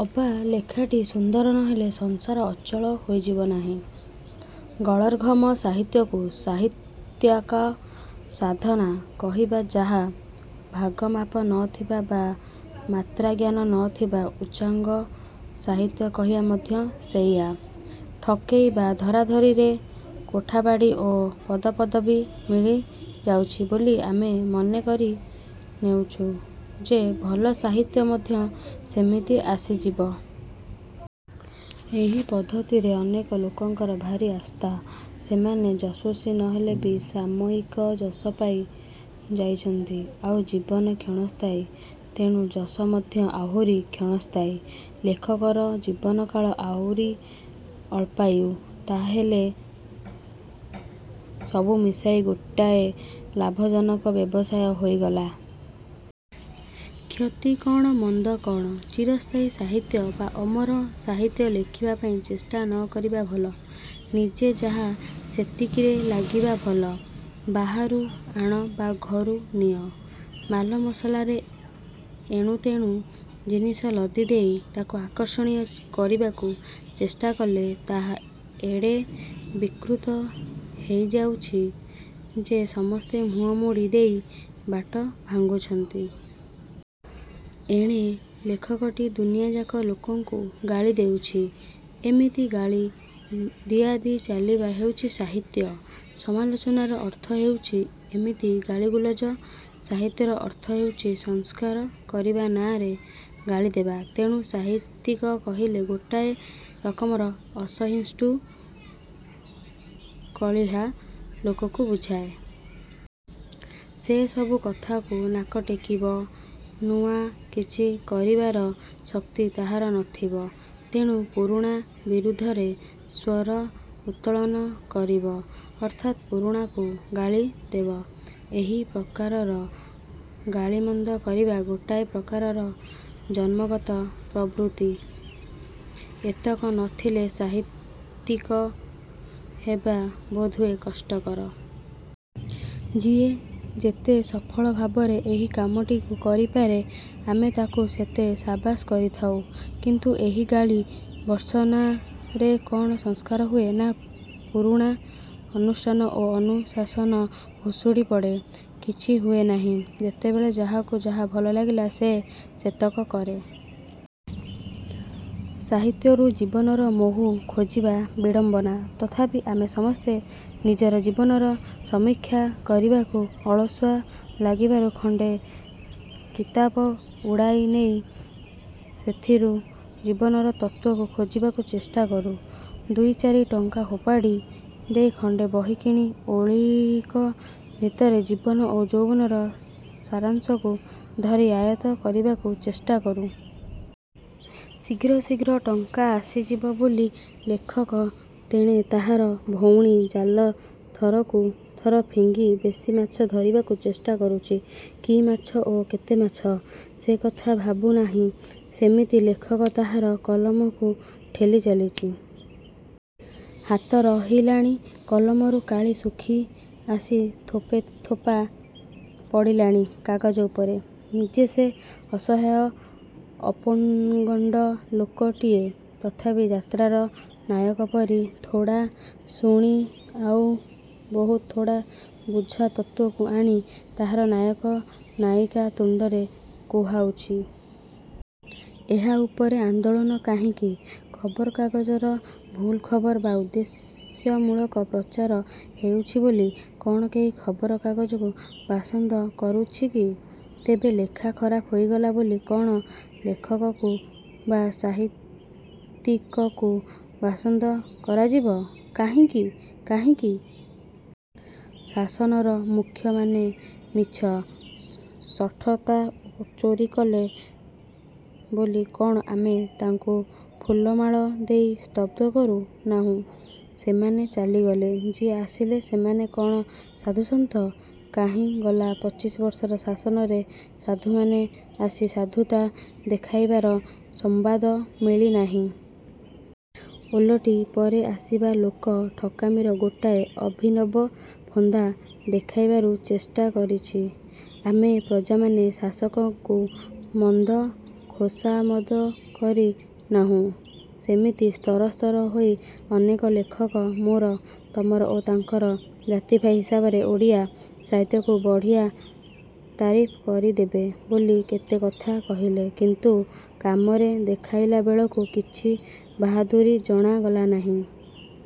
ଅବା ଲେଖାଟି ସୁନ୍ଦର ନ ହେଲେ ସଂସାର ଅଚଳ ହୋଇଯିବ ନାହିଁ। ଗଳଦ୍ଘର୍ମ ସାହିତ୍ୟକୁ ସାହିତ୍ୟିକ ସାଧନା କହିବା ଯାହା, ଭାଗମାପ ନ ଥିବା ବା ମାତ୍ରାଜ୍ଞାନ ନ ଥିବା ଉଚ୍ଚାଙ୍ଗ ସାହିତ୍ୟ କହିବା ମଧ୍ୟ ସେଇଆ। ଠକେଇ ବା ଧରାଧରିରେ କୋଠାବାଡ଼ି ଓ ପଦପଦବୀ ମିଳି ଯାଉଛି ବୋଲି ଆମେ ମନେ କରି ନେଉଛୁ ଯେ ଭଲ ସାହିତ୍ୟ ମଧ୍ୟ ସେମିତି ଆସିଯିବ। ଏହି ପଦ୍ଧତିରେ ଅନେକ ଲୋକଙ୍କର ଭାରି ଆସ୍ଥା। ସେମାନେ ଯଶସ୍ୱୀ ନ ହେଲେ ବି ସାମୟିକ ଯଶ ପାଇ ଯାଉଛନ୍ତି। ଆଉ ଜୀବନ କ୍ଷଣସ୍ଥାୟୀ। ତେଣୁ ଯଶ ମଧ୍ୟ ଆହୁରି କ୍ଷଣସ୍ଥାୟୀ। ଲେଖକର ଜୀବନକାଳ ଆଉରି ଅଳ୍ପାୟୁ। ତାହାହେଲେ ସବୁ ମିଶାଇ ଗୋଟାଏ ଲାଭଜନକ ବ୍ୟବସାୟ ହୋଇଗଲା। କ୍ଷତି କ’ଣ? ମନ୍ଦ କ’ଣ? ଚିରସ୍ଥାୟୀ ସାହିତ୍ୟ ବା ଅମର ସାହିତ୍ୟ ଲେଖିବା ପାଇଁ ଚେଷ୍ଟା ନ କରିବା ଭଲ। ନିଜେ ଯାହା ସେତିକିରେ ଲାଗିବା ଭଲ। ବାହାରୁ ଆଣ ବା ଘରୁ ନିଅ, ମାଲମସଲାରେ ଏଣୁତେଣୁ ଜିନିସ ଲଦି ଦେଇ ତାକୁ ଆକର୍ଷଣୀୟ କରିବାକୁ ଚେଷ୍ଟା କଲେ ତାହା ଏଡ଼େ ବିକୃତ ହେଇଯାଉଛି ଯେ ସମସ୍ତେ ମୁହଁମୋଡ଼ି ଦେଇ ବାଟ ଭାଙ୍ଗୁଛନ୍ତି। ଏଣେ ଲେଖକଟି ଦୁନିଆଯାକ ଲୋକଙ୍କୁ ଗାଳି ଦେଉଛି। ଏମିତି ଗାଳି ଦିଆଦିଇ ଚାଲିବା ହେଉଛି ସାହିତ୍ୟ। ସମାଲୋଚନାର ଅର୍ଥ ହେଉଛି ଏମିତି ଗାଳିଗୁଲଜ। ସାହିତ୍ୟର ଅର୍ଥ ହେଉଛି ସଂସ୍କାର କରିବା ନାଁରେ ଗାଳିଦେବା। ତେଣୁ ସାହିତ୍ୟିକ କହିଲେ ଗୋଟାଏ ରକମର ଅସହିଷ୍ଣୁ କଳିହା ଲୋକକୁ ବୁଝାଏ। ସେ ସବୁ କଥାକୁ ନାକ ଟେକିବ। ନୂଆ କିଛି କରିବାର ଶକ୍ତି ତାହାର ନ ଥିବ। ତେଣୁ ପୁରୁଣା ବିରୁଦ୍ଧରେ ସ୍ୱର ଉତ୍ତୋଳନ କରିବ, ଅର୍ଥାତ୍ ପୁରୁଣାକୁ ଗାଳିଦେବ। ଏହି ପ୍ରକାରର ଗାଳିମନ୍ଦ କରିବା ଗୋଟାଏ ପ୍ରକାରର ଜନ୍ମଗତ ପ୍ରବୃତ୍ତି। ଏତକ ନ ଥିଲେ ସାହିତ୍ୟିକ ହେବା ବୋଧହୁଏ କଷ୍ଟକର। ଯିଏ ଯେତେ ସଫଳ ଭାବରେ ଏହି କାମଟିକୁ କରିପାରେ ଆମେ ତାକୁ ସେତେ ସାବାସ କରିଥାଉ। କିନ୍ତୁ ଏହି ଗାଳି ଭର୍ତ୍ସନାରେ କ’ଣ ସଂସ୍କାର ହୁଏ ନା ପୁରୁଣା ଅନୁଷ୍ଠାନ ଓ ଅନୁଶାସନ ଭୁଷୁଡ଼ି ପଡ଼େ? କିଛି ହୁଏ ନାହିଁ। ଯେତେବେଳେ ଯାହାକୁ ଯାହା ଭଲ ଲାଗିଲା ସେ ସେତକ କରେ। ସାହିତ୍ୟରୁ ଜୀବନର ମହୁ ଖୋଜିବା ବିଡ଼ମ୍ବନା। ତଥାପି ଆମେ ସମସ୍ତେ ନିଜର ଜୀବନର ସମୀକ୍ଷା କରିବାକୁ ଅଳସୁଆ ଲାଗିବାରୁ ଖଣ୍ଡେ କିତାପ ଉଠାଇ ନେଇ ସେଥିରୁ ଜୀବନର ତତ୍ତ୍ୱକୁ ଖୋଜିବାକୁ ଚେଷ୍ଟା କରୁ। ଦୁଇ ଚାରି ଟଙ୍କା ଫୋପାଡ଼ି ଦେଇ ଖଣ୍ଡେ ବହି କିଣି ଓଳିକ ଭିତରେ ଜୀବନ ଓ ଯୌବନର ସାରାଂଶକୁ ଧରି ଆୟତ୍ତ କରିବାକୁ ଚେଷ୍ଟା କରୁ। ଶୀଘ୍ର ଶୀଘ୍ର ଟଙ୍କା ଆସିଯିବ ବୋଲି ଲେଖକ ତେଣେ ତାହାର ଭଉଁରୀ ଜାଲ ଥରକୁ ଥର ଫିଙ୍ଗି ବେଶି ମାଛ ଧରିବାକୁ ଚେଷ୍ଟା କରୁଛି। କି ମାଛ ଓ କେତେ ମାଛ? ସେ କଥା ଭାବୁ ନାହିଁ। ସେମିତି ଲେଖକ ତାହାର କଲମକୁ ଠେଲି ଚାଲିଛି। ହାତ ରହିଲାଣି। କଲମରୁ କାଳି ଶୁଖି ଆସି ଥୋପେ ଥୋପା ପଡ଼ିଲାଣି କାଗଜ ଉପରେ। ନିଜେ ସେ ଅସହାୟ ଅପୋଗଣ୍ଡ ଲୋକଟିଏ। ତଥାପି ଯାତ୍ରାର ନାୟକ ପରି ଥୋଡ଼ା ଶୁଣି ଆଉ ବହୁତ୍ ଥୋଡ଼ା ବୁଝା ତତ୍ତ୍ୱକୁ ଆଣି ତାହାର ନାୟକ ନାୟିକା ତୁଣ୍ଡରେ କୁହାଉଛି। ଏହା ଉପରେ ଆନ୍ଦୋଳନ କାହିଁକି ଖବର କାଗଜର ଭୁଲ ଖବର ବା ଉଦ୍ଦେଶ୍ୟମୂଳକ ପ୍ରଚାର ହେଉଛି ବୋଲି କଣ କେହି ଖବର କାଗଜକୁ ବାସନ୍ଦ କରୁଛି କି ତେବେ ଲେଖା ଖରାପ ହୋଇଗଲା ବୋଲି କଣ ଲେଖକକୁ ବା ସାହିତ୍ୟିକକୁ ବାସନ୍ଦ କରାଯିବ କାହିଁକି, କାହିଁକି? ଶାସନର ମୁଖ୍ୟମାନେ ମିଛ, ଶଠତା ଓ ଚୋରି କଲେ ବୋଲି କଣ ଆମେ ତାଙ୍କୁ ଫୁଲମାଳ ଦେଇ ସ୍ତବ କରୁ ନାହୁଁ? ସେମାନେ ଚାଲିଗଲେ, ଯିଏ ଆସିଲେ ସେମାନେ କଣ ସାଧୁ ସନ୍ଥ କାହିଁ ଗଲା ପଚିଶି ବର୍ଷର ଶାସନରେ ସାଧୁମାନେ ଆସି ସାଧୁତା ଦେଖାଇବାର ସମ୍ବାଦ ମିଳି ନାହିଁ। ଓଲଟି ପରେ ଆସିବା ଲୋକ ଠକାମିର ଗୋଟାଏ ଅଭିନବ ଫନ୍ଦା ଦେଖାଇବାରୁ ଚେଷ୍ଟା କରିଛି। ଆମେ ପ୍ରଜାମାନେ ଶାସକଙ୍କୁ ମନ୍ଦ ଖୋସାମଦ କରି ନାହୁଁ। ସେମିତି ସ୍ତରସ୍ତର ହୋଇ ଅନେକ ଲେଖକ ମୋର, ତମର ଓ ତାଙ୍କର ଜାତିଭାଇ ହିସାବରେ ଓଡ଼ିଆ ସାହିତ୍ୟକୁ ବଢ଼ିଆ ତାରିଫ କରିଦେବେ ବୋଲି କେତେ କଥା କହିଲେ। କିନ୍ତୁ କାମରେ ଦେଖାଇଲାବେଳକୁ କିଛି ବାହାଦୁରୀ ଜଣାଗଲା ନାହିଁ।